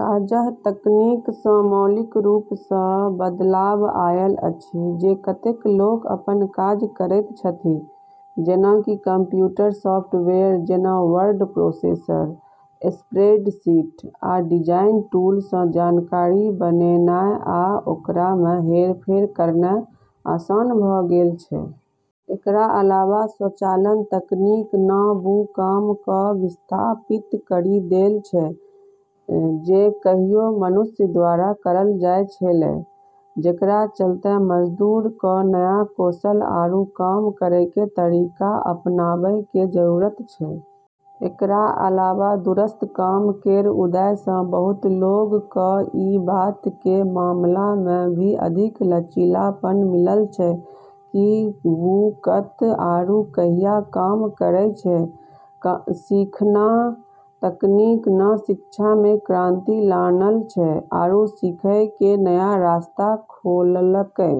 काज: तकनीक स मौलिक रूप स बदलाव आयल अछि जे कतेक लोक अपन काज करैत छथि। जेना कि कंप्यूटर सॉफ्टवेयर जेना वर्ड प्रोसेसर, स्प्रेडशीट, आ डिजाइन टूल सं जानकारी बनेनाय आ ओकरा मे हेरफेर करनाय आसान भ गेल छै। एकरा अलावा स्वचालन तकनीक न वू काम क विस्थापित करी देल छै जे कहियो मनुष्य द्वारा करल जाय छेलै, जेकरा चलतें मजदूर क नया कौशल आरू काम करै के तरीका अपनाबै के जरूरत छै। एकरा अलावा दूरस्थ काम केर उदय स बहुत लोग क ई बात के मामला मे भी अधिक लचीलापन मिलल छै कि वू कत आरू कहिया काम करै छै। सीखना: तकनीक न शिक्षा मे क्रांति लानल छै आरू सीखै के नया रास्ता खोललकै।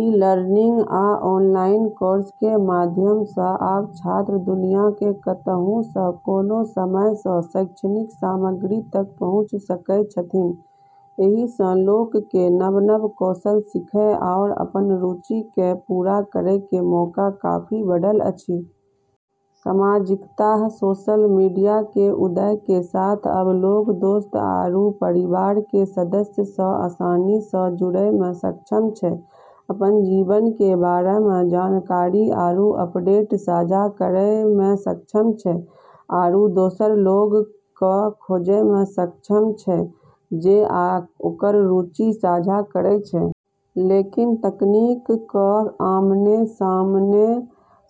ई-लर्निंग आ ऑनलाइन कोर्स के माध्यम सं आब छात्र दुनिया के कतहु सं, कोनो समय सं शैक्षणिक सामग्री तक पहुंच सकय छथिन्ह। एहि सं लोक के नव-नव कौशल सीखय आओर अपन रुचि के पूरा करय के मौका काफी बढ़ल अछि। सामाजिकता: सोशल मीडिया के उदय के साथ अब लोग दोस्त आरू परिवार के सदस्य स आसानी स जुड़ै मे सक्षम छै, अपन जीवन के बारे मे जानकारी आरू अपडेट साझा करै मे सक्षम छै, आरू दोसर लोग क खोजै मे सक्षम छै जे ओकर रुचि साझा करै छै। लेकिन तकनीक क आमने-सामने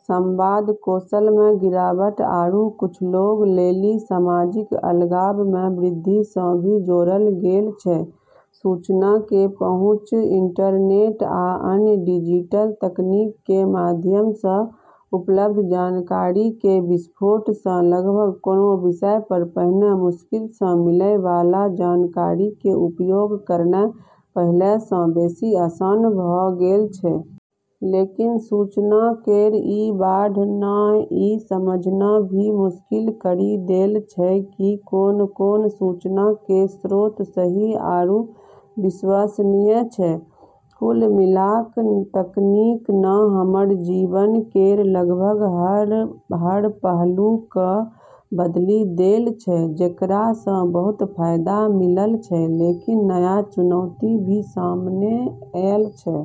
संवाद कौशल मे गिरावट आरू कुछ लोग लेली सामाजिक अलगाव मे वृद्धि स भी जोड़ल गेल छै। सूचना के पहुंच: इंटरनेट आ अन्य डिजिटल तकनीक के माध्यम सं उपलब्ध जानकारी के विस्फोट सं लगभग कोनों विषय पर पहिने मुश्किल सं मिलय वाला जानकारी के उपयोग करनाय पहिले सं बेसि आसान भ गेल छै। लेकिन सूचना केर ई बाढ़ न ई समझना भी मुश्किल करी देल छै कि कोन-कोन सूचना के स्रोत सही आरू विश्वसनीय छै। कुल मिला क तकनीक न हमर जीवन केर लगभग हर पहलू क बदली देल छै, जेकरा स बहुत फायदा मिलल छै, लेकिन नया चुनौती भी सामने ऐल छै।